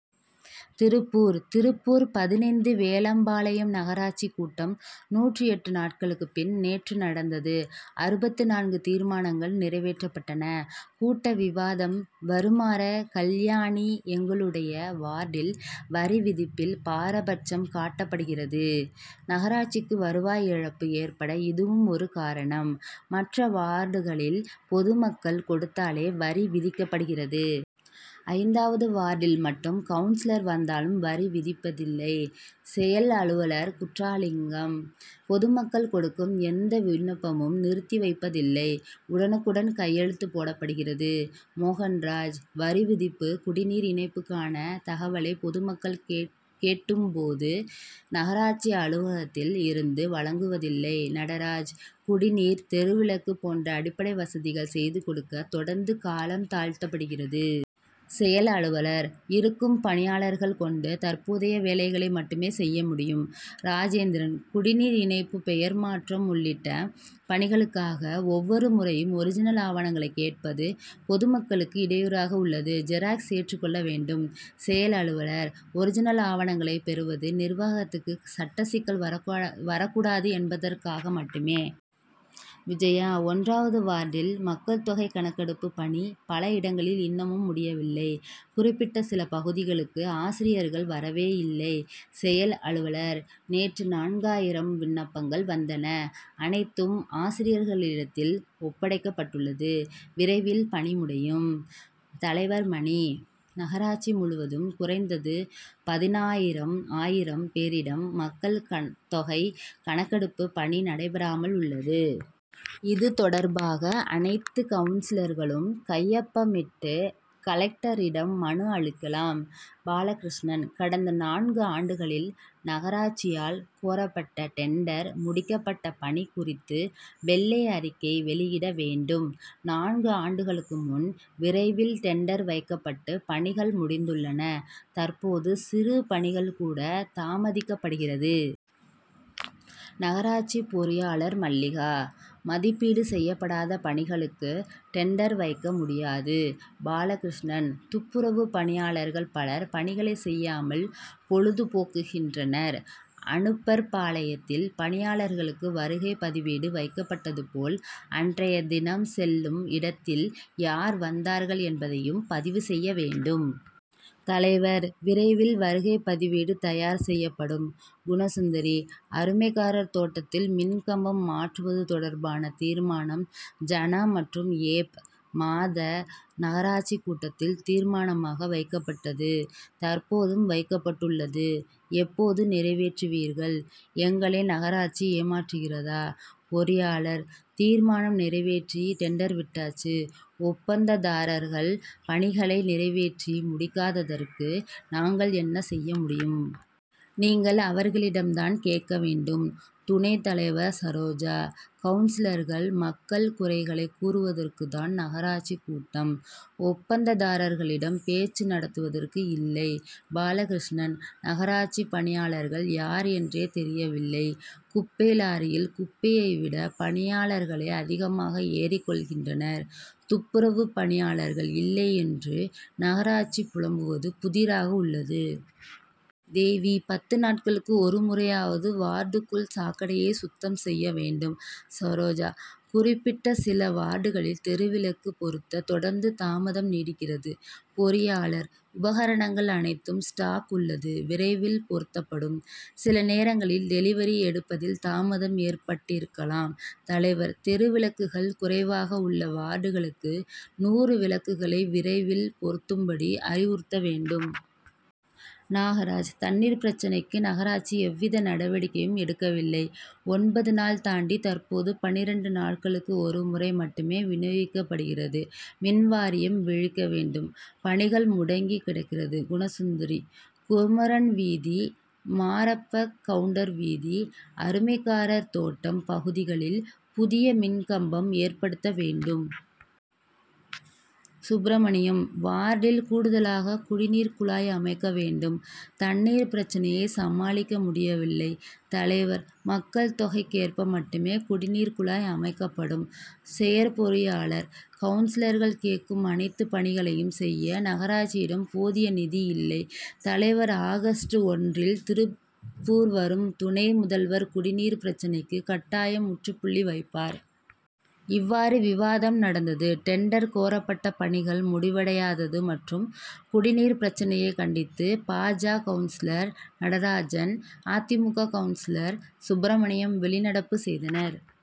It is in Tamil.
திருப்பூர் திருப்பூர், பதினைந்து வேலம்பாளையம் நகராட்சி கூட்டம், நூற்று எட்டு நாட்களுக்கு பின் நேற்று நடந்தது அறுபத்து நான்கு தீர்மானங்கள் நிறைவேற்றப்பட்டன. கூட்ட விவாதம் வருமாற கல்யாணி எங்களுடைய வார்டில் வரிவிதிப்பில் பாரபட்சம் காட்டப்படுகிறது. நகராட்சிக்கு வருவாய் இழப்பு ஏற்பட இதுவும் ஒரு காரணம். மற்ற வார்டுகளில் பொதுமக்கள் கொடுத்தாலே வரி விதிக்கப்படுகிறது. ஐந்தாவது வார்டில் மட்டும் கவுன்சிலர் வந்தாலும் வரி விதிப்பதில்லை. செயல் அலுவலர் குற்றாலிங்கம்: பொதுமக்கள் கொடுக்கும் எந்த விண்ணப்பமும் நிறுத்தி வைப்பதில்லை; உடனுக்குடன் கையெழுத்து போடப்படுகிறது. மோகன்ராஜ்: வரி விதிப்பு, குடிநீர் இணைப்புக்கான தகவலை பொதுமக்கள் கேட்டும்போது நகராட்சி அலுவலகத்தில் இருந்து வழங்குவதில்லை. நடராஜ்: குடிநீர், தெருவிளக்கு போன்ற அடிப்படை வசதிகள் செய்து கொடுக்க, தொடர்ந்து காலம் தாழ்த்தப்படுகிறது. செயல் அலுவலர்: இருக்கும் பணியாளர்கள் கொண்டு, தற்போதைய வேலைகளை மட்டுமே செய்ய முடியும். ராஜேந்திரன்: குடிநீர் இணைப்பு பெயர் மாற்றம் உள்ளிட்ட பணிகளுக்காக, ஒவ்வொரு முறையும் ஒரிஜினல் ஆவணங்களை கேட்பது, பொதுமக்களுக்கு இடையூறாக உள்ளது. ஜெராக்ஸ் ஏற்றுக்கொள்ள வேண்டும். செயல் அலுவலர்: ஒரிஜினல் ஆவணங்களை பெறுவது நிர்வாகத்துக்கு சட்டச்சிக்கல் வரக்கூட வரக்கூடாது என்பதற்காக மட்டுமே. விஜயா: ஒன்றாவது வார்டில் மக்கள் தொகை கணக்கெடுப்பு பணி பல இடங்களில் இன்னமும் முடியவில்லை. குறிப்பிட்ட சில பகுதிகளுக்கு ஆசிரியர்கள் வரவே இல்லை. செயல் அலுவலர்: நேற்று நான்காயிரம் விண்ணப்பங்கள் வந்தன. அனைத்தும் ஆசிரியர்களிடத்தில் ஒப்படைக்கப்பட்டுள்ளது. விரைவில் பணி முடியும். தலைவர் மணி: நகராட்சி முழுவதும் குறைந்தது பதினாயிரம் ஆயிரம் பேரிடம் மக்கள் தொகை கணக்கெடுப்பு பணி நடைபெறாமல் உள்ளது. இதுதொடர்பாக அனைத்து கவுன்சிலர்களும் கையொப்பமிட்டு, கலெக்டரிடம் மனு அளிக்கலாம். பாலகிருஷ்ணன்: கடந்த நான்கு ஆண்டுகளில் நகராட்சியால் கோரப்பட்ட டெண்டர், முடிக்கப்பட்ட பணி குறித்து "வெள்ளை அறிக்கை' வெளியிட வேண்டும். நான்கு ஆண்டுகளுக்கு முன், விரைவில் டெண்டர் வைக்கப்பட்டு பணிகள் முடிந்துள்ளன; தற்போது சிறு பணிகள் கூட தாமதிக்கப்படுகிறது. நகராட்சி பொறியாளர் மல்லிகா: மதிப்பீடு செய்யப்படாத பணிகளுக்கு டெண்டர் வைக்க முடியாது. பாலகிருஷ்ணன்: துப்புரவு பணியாளர்கள் பலர் பணிகளை செய்யாமல், பொழுது போக்குகின்றனர். அனுப்பர்பாளையத்தில் பணியாளர்களுக்கு வருகை பதிவேடு வைக்கப்பட்டது போல், அன்றைய தினம் செல்லும் இடத்தில் யார் வந்தார்கள் என்பதையும் பதிவு செய்ய வேண்டும். தலைவர்: விரைவில் வருகைப்பதிவேடு தயார் செய்யப்படும். குணசுந்தரி: அருமைக்காரர் தோட்டத்தில் மின் கம்பம் மாற்றுவது தொடர்பான தீர்மானம், ஜன., மற்றும் ஏப்., மாத நகராட்சி கூட்டத்தில் தீர்மானமாக வைக்கப்பட்டது; தற்போதும் வைக்கப்பட்டுள்ளது. எப்போது நிறைவேற்றுவீர்கள். எங்களை நகராட்சி ஏமாற்றுகிறதா? பொறியாளர்: தீர்மானம் நிறைவேற்றி, டெண்டர் விட்டாச்சு; ஒப்பந்ததாரர்கள் பணிகளை நிறைவேற்றி முடிக்காததற்கு, நாங்கள் என்ன செய்ய முடியும். நீங்கள் அவர்களிடம் தான் கேட்ட வேண்டும். துணை தலைவர் சரோஜா: கவுன்சிலர்கள், மக்கள் குறைகளை கூறுவதற்கு தான் நகராட்சி கூட்டம். ஒப்பந்ததாரர்களிடம் பேச்சு நடத்துவதற்கு இல்லை. பாலகிருஷ்ணன்: நகராட்சி பணியாளர்கள் யார் என்றே தெரியவில்லை. குப்பை லாரியில் குப்பையை விட பணியாளர்களே அதிகமாக ஏறிக்கொள்கின்றனர். துப்புரவு பணியாளர்கள் இல்லை என்று நகராட்சி புலம்புவது புதிராக உள்ளது. தேவி: பத்து நாட்களுக்கு ஒரு முறையாவது வார்டுக்குள் சாக்கடையை சுத்தம் செய்ய வேண்டும். சரோஜா: குறிப்பிட்ட சில வார்டுகளில் தெருவிளக்கு பொருத்த தொடர்ந்து தாமதம் நீடிக்கிறது. பொறியாளர்: உபகரணங்கள் அனைத்தும் "ஸ்டாக்' உள்ளது. விரைவில் பொருத்தப்படும். சில நேரங்களில் "டெலிவரி' எடுப்பதில் தாமதம் ஏற்பட்டிருக்கலாம். தலைவர்: தெருவிளக்குகள் குறைவாக உள்ள வார்டுகளுக்கு நூறு விளக்குகளை விரைவில் பொருத்தும்படி அறிவுறுத்த வேண்டும். நாகராஜ்: தண்ணீர் பிரச்னைக்கு நகராட்சி எவ்வித நடவடிக்கையும் எடுக்கவில்லை. ஒன்பது நாள் தாண்டி, தற்போது பன்னிரண்டு நாட்களுக்கு ஒரு முறை மட்டுமே வினியோகிக்கப்படுகிறது. மின்வாரியம் விழிக்க வேண்டும்; பணிகள் முடங்கிக் கிடக்கிறது. குணசுந்தரி: குமரன் வீதி, மாரப்பக்கவுண்டர் வீதி, அருமைக்காரர் தோட்டம் பகுதிகளில் புதிய மின்கம்பம் ஏற்படுத்த வேண்டும். சுப்ரமணியம்: வார்டில் கூடுதலாக குடிநீர் குழாய் அமைக்க வேண்டும். தண்ணீர் பிரச்னையை சமாளிக்க முடியவில்லை. தலைவர்: மக்கள் தொகைக்கேற்ப மட்டுமே குடிநீர் குழாய் அமைக்கப்படும். செயற்பொறியாளர்: கவுன்சிலர்கள் கேட்கும் அனைத்து பணிகளையும் செய்ய நகராட்சியிடம் போதிய நிதி இல்லை. தலைவர் ஆகஸ்ட் ஒன்றில் திருப்பூர் வரும் துணை முதல்வர் குடிநீர் பிரச்னைக்கு கட்டாயம் முற்றுப்புள்ளி வைப்பார். இவ்வாறு, விவாதம் நடந்தது. டெண்டர் கோரப்பட்ட பணிகள் முடிவடையாதது மற்றும் குடிநீர் பிரச்னையை கண்டித்து, பா. ஜ., கவுன்சிலர் நடராஜன், அ. தி. மு. க., கவுன்சிலர் சுப்ரமணியம் வெளிநடப்பு செய்தனர்.